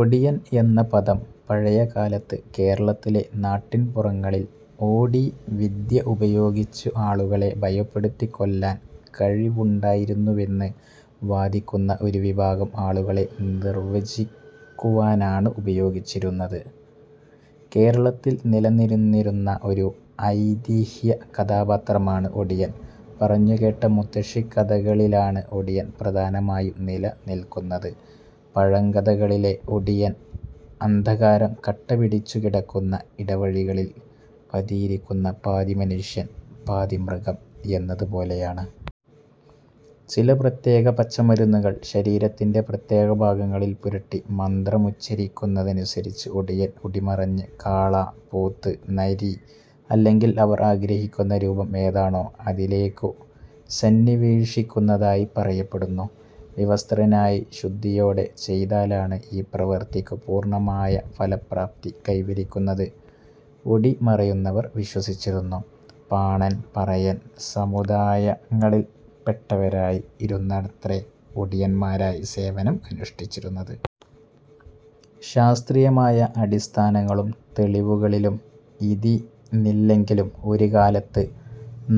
ഒടിയൻ എന്ന പദം പഴയകാലത്ത് കേരളത്തിലെ നാട്ടിൻപുറങ്ങളിൽ ഒടിവിദ്യ ഉപയോഗിച്ച് ആളുകളെ ഭയപ്പെടുത്തി കൊല്ലാൻ കഴിവുണ്ടായിരുന്നുവെന്ന് വാദിക്കുന്ന ഒരു വിഭാഗം ആളുകളെ നിർവ്വചിക്കുവാനാണ് ഉപയോഗിച്ചിരുന്നത്. കേരളത്തിൽ നിലനിന്നിരുന്ന ഒരു ഐതിഹ്യ കഥാപാത്രമാണ് ഒടിയൻ. പറഞ്ഞുകേട്ട മുത്തശ്ശിക്കഥകളിലാണ് ഒടിയൻ പ്രധാനമായും നിലനിൽക്കുന്നത്. പഴങ്കഥകളിലെ ഒടിയൻ, അന്ധകാരം കട്ടപിടിച്ചു കിടക്കുന്ന ഇടവഴികളിൽ പതിയിരിക്കുന്ന പാതി മനുഷ്യൻ പാതി മൃഗം എന്നതു പോലെയാണ്. ചില പ്രത്യേക പച്ചമരുന്നുകൾ ശരീരത്തിൻറെ പ്രത്യേക ഭാഗങ്ങളിൽ പുരട്ടി മന്ത്രമുഛരിക്കുന്നതനുസരിച്ച് ഒടിയൻ ഒടിമറിഞ്ഞ് കാള, പോത്ത്, നരി അല്ലെങ്കിൽ അവർ ആഗ്രഹിക്കുന്ന രൂപം ഏതാണോ അതിലേയ്ക്കു സന്നിവേശിക്കുന്നതായി പറയപ്പെടുന്നു. വിവസ്ത്രനായി ശുദ്ധിയോടെ ചെയ്താലാണ് ഈ പ്രവർത്തിക്കു പൂർണ്ണമായ ഫലപ്രാപ്തി കൈവരുന്നതെന്ന് ഒടിമറിയുന്നവർ വിശ്വസിച്ചിരുന്നു. പാണൻ, പറയൻ സമുദായങ്ങളിൽപ്പെട്ടവരായിരുന്നുവത്രേ ഒടിയൻമാരായി സേവനം അനുഷ്ഠിച്ചിരുന്നത്. ശാസ്ത്രീയമായ അടിസ്ഥാനങ്ങളും തെളിവുകളും ഇതിന്നില്ലെങ്കിലും, ഒരുകാലത്ത്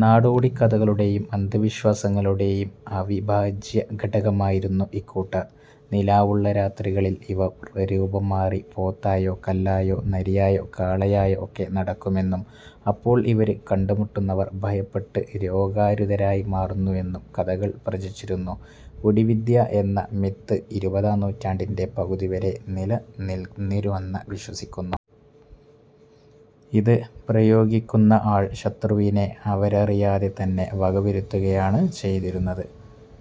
നടോടിക്കഥകളുടെയും, അന്ധവിശ്വാസങ്ങളുടെയും അവിഭാജ്യ ഘടകമായിരുന്നു ഇക്കൂട്ടർ. നിലാവുള്ള രാത്രികളിൽ ഇവർ രൂപം മാറി പോത്തായോ കല്ലായോ നരിയായോ കാളകളായോ ഒക്കെ നടക്കുമെന്നും, അപ്പോൾ ഇവരെ കണ്ടുമുട്ടുന്നവർ ഭയപ്പെട്ട് രോഗാതുരരായി മാറുമെന്നും കഥകൾ പ്രചരിച്ചിരുന്നു. ഒടിവിദ്യ എന്ന മിത്ത് ഇരുപതാം നൂറ്റാണ്ടിന്റെ പകുതി വരെ നിലനിന്നിരുന്നുവെന്ന വിശ്വസിക്കുന്നു. ഇത് പ്രയോഗിക്കുന്ന ആൾ ശത്രുവിനെ അവരറിയാതെ തന്നെ വക വരുത്തുകയാണ് ചെയ്തിരുന്നത്.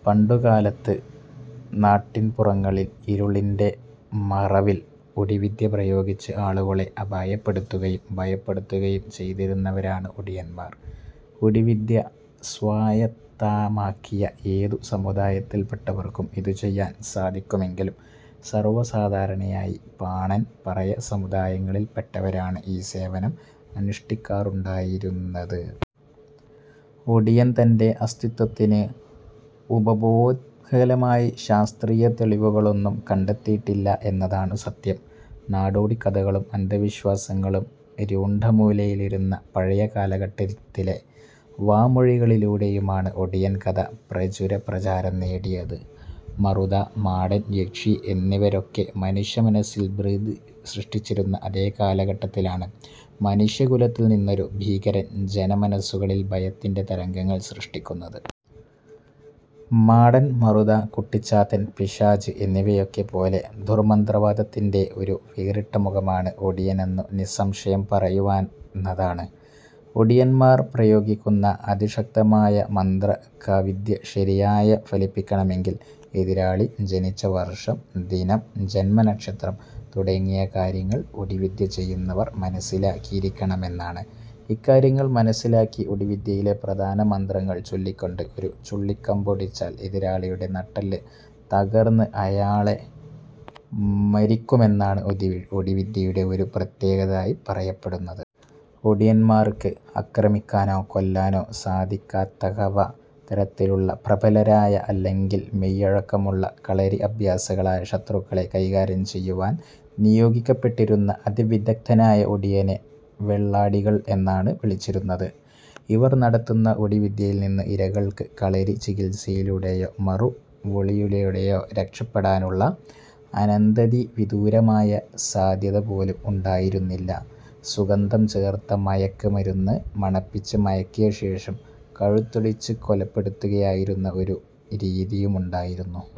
പണ്ടുകാലത്ത് നാട്ടിൻപുറങ്ങളിൽ ഇരുളിൻറെ മറവിൽ ഒടിവിദ്യ പ്രയോഗിച്ച് ആളുകളെ അപായപ്പെടുത്തുകയും ഭയപ്പെടുത്തുകയും ചെയ്തിരുന്നവരാണ് ഒടിയന്മാർ. ഒടിവിദ്യ സ്വായത്തമാക്കിയ ഏതു സമുദായത്തിൽപ്പെട്ടവർക്കും ഇതു ചെയ്യാൻ സാധിക്കുമെങ്കിലും സർവ്വസാധാരണയായി പാണൻ, പറയ സമുദായങ്ങളിൽപ്പെട്ടവരാണ് ഈ സേവനം അനുഷ്ടിക്കാറുണ്ടായിരുന്നത്. ഒടിയൻറെ അസ്തിത്വത്തിന് ഉപോദ്ബലകമായ ശാസ്ത്രീയ തെളിവുകളൊന്നും കണ്ടെത്തിയിട്ടില്ല എന്നുള്ളതാണ് സത്യം. നാടോടിക്കഥകളും അന്ധവിശ്വാസങ്ങളും രൂഢമൂലമായിരുന്ന പഴയ കാലഘട്ടത്തിലെ വാമൊഴികളിലൂടെയുമാണ് ഒടിയൻറ കഥ പ്രചുര പ്രചാരം നേടിയത്. മറുത, മാടൻ, യക്ഷി എന്നിവരൊക്കെ മനുഷ്യമനസ്സിൽ ഭീതി സൃഷ്ടിച്ചിരുന്ന അതേ കാലഘട്ടത്തിലാണ് മനുഷ്യ കുലത്തിൽ നിന്നൊരു ഭീകരൻ ജനമനസുകളിൽ ഭയത്തിൻറെ തരംഗങ്ങൾ സൃഷ്ടിക്കുന്നത്. മാടൻ, മറുത, കുട്ടിച്ചാത്തൻ, പിശാച് എന്നിവയൊക്കെ പോലെ ദുര്മന്ത്രവാദത്തിന്റെ ഒരു വേറിട്ട മുഖമാണ് ഒടിയനെന്നു നിസ്സംശയം പറയാവുന്നതാണ്. ഒടിയൻമാർ പ്രയോഗിക്കുന്ന അതിശക്തമായ മാന്ത്രികവിദ്യ ശരിയായി ഫലിക്കണമെങ്കിൽ എതിരാളി ജനിച്ച വർഷം, ദിനം, ജൻമനക്ഷത്രം തുടങ്ങിയ കാര്യങ്ങൾ ഒടിവിദ്യ ചെയ്യുന്നവർ മനസ്സിലാക്കിയിരിക്കമെന്നാണ്. ഇക്കാര്യങ്ങൾ മനസ്സിലാക്കി ഒടിവിദ്യയിലെ പ്രധാന മന്ത്രങ്ങൾ ചൊല്ലിക്കൊണ്ട് ഒരു ചുള്ളിക്കമ്പ് ഒടിച്ചാൽ എതിരാളിയുടെ നട്ടെല്ലു തകർന്ന് അയാൾ മരിക്കുമെന്നാണ് ഒടിവിദ്യയുടെ ഒരു പ്രത്യേകതയായി പറയപ്പെടുന്നത്. ഒടിയന്മാർക്ക് ആക്രമിക്കാനോ കൊല്ലാനോ സാധിക്കാത്തവ തരത്തിലുള്ള പ്രബലരായ അല്ലെങ്കിൽ മെയ്വഴക്കമുള്ള കളരിഅഭ്യസികളായ ശത്രുക്കളെ കൈകാര്യം ചെയ്യുവാൻ നിയോഗിക്കപ്പെട്ടിരുന്ന അതിവിദഗ്ദ്ധനായ ഒടിയനെ "വെള്ളൊടികൾ" എന്നാണ് വിളിച്ചിരുന്നത്. ഇവർ നടത്തുന്ന ഒടി വിദ്യയിൽനിന്ന് ഇരകൾക്ക് കളരി ചികിത്സകളിലൂടെയോ മറുവൊടിയിലൂടെ രക്ഷപ്പെടാനുള്ള അനതിവിദൂരമായ സാധ്യതപോലും ഉണ്ടായിരുന്നില്ല. സുഗന്ധം ചേർത്ത മയക്ക് മരുന്ന് മണപ്പിച്ച് മയക്കിയ ശേഷം കഴുത്തൊടിച്ചു കൊലപ്പെടുത്തിയിരുന്ന ഒരു രീതിയുമുണ്ടായിരുന്നു.